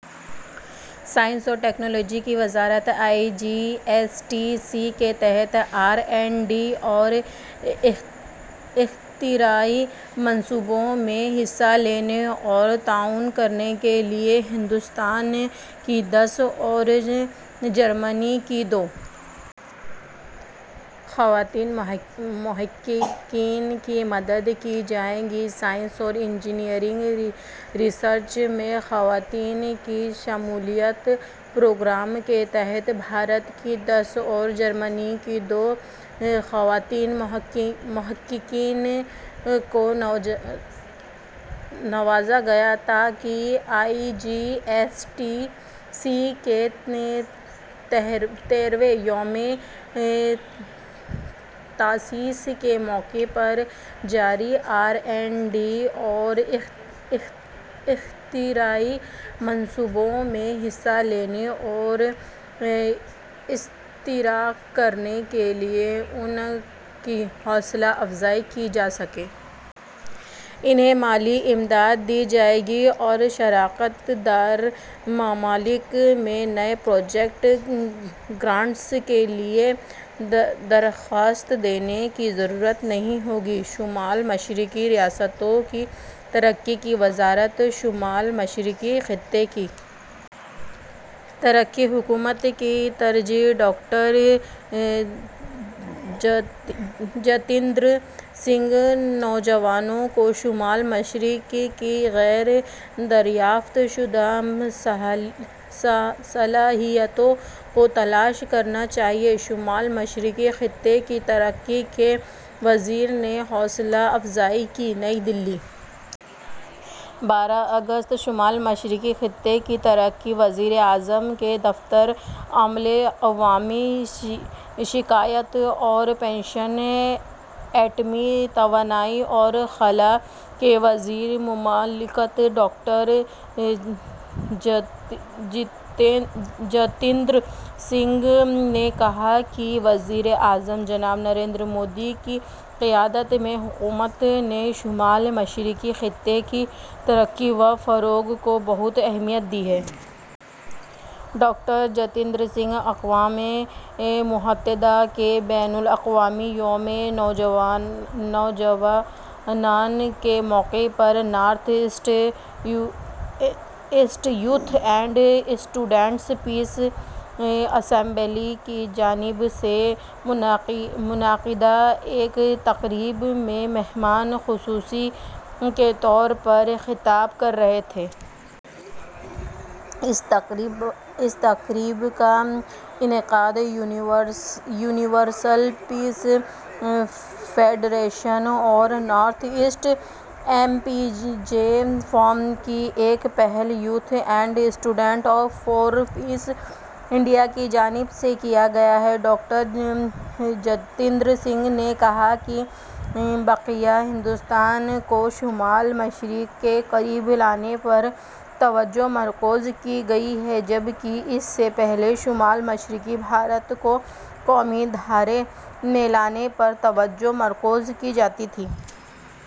Science اور technology کی وزارت I G S T C کے تحت آر اینڈ ڈی اور اختراعی منصوبوں میں حصہ لینے اور تعاون کرنے کے لیے ہندوستان کی دس اور جرمنی کی دو خواتین محققین کی مدد کی جائے گی ’سائنس اور انجینئرنگ ریسرچ میں خواتین کی شمولیت‘ پروگرام کے تحت بھارت کی دس اور جرمنی کی دو خواتین محققین کو نوازا گیا، تاکہ I G S T C کے تیرہویں یومِ تاسیس کے موقع پر جاری آر اینڈ ڈی اور اختراعی منصوبوں میں حصہ لینے اور اشتراک کرنے کے لیے ان کی حوصلہ افزائی کی جا سکے۔ انہیں مالی امداد دی جائے گی اور شراکت دار ممالک میں نئے پروجیکٹ گرانٹس کے لیے درخواست دینے کی ضرورت نہیں ہوگی۔ شمال مشرقی ریاستوں کی ترقی کی وزارت شمال مشرقی خطے کی ترقی حکومت کی ترجیح: ڈاکٹر جتیندر سنگھ نوجوانوں کو شمال مشرق کی غیر دریافت شدہ صلاحیتوں کو تلاش کرنا چاہیے، شمال مشرقی خطے کی ترقی کے وزیر نے حوصلہ افزائی کی نئی دہلی، بارہ اگست: شمال مشرقی خطے کی ترقی، وزیر اعظم کے دفتر، عملے، عوامی شکایات اور پنشن، ایٹمی توانائی اور خلا کے وزیر مملکت ڈاکٹر جتیندر سنگھ نے کہا ہے کہ وزیر اعظم جناب نریندر مودی کی قیادت میں حکومت نے شمال مشرقی خطے کی ترقی و فروغ کو بہت اہمیت دی ہے۔ ڈاکٹر جتیندر سنگھ اقوامِ متحدہ کے بین الاقوامی یومِ نوجوانان کے موقع پر ’North East Youth and Students Peace Assembly‘ کی جانب سے منعقدہ ایک تقریب میں مہمانِ خصوصی کے طور پر خطاب کر رہے تھے۔ اس تقریب کا انعقاد یونیورسل پیس فیڈریشن اور North East MPs forum کی ایک پہل ’Youth and Students for Peace, India‘ کی جانب سے کیا گیا تھا۔ ڈاکٹر جتیندر سنگھ نے کہا کہ بقیہ ہندوستان کو شمال مشرق کے قریب لانے پر توجہ مرکوز کی گئی ہے، جبکہ اس سے پہلے شمال مشرقی بھارت کو قومی دھارے میں لانے پر توجہ مرکوز کی جاتی تھی۔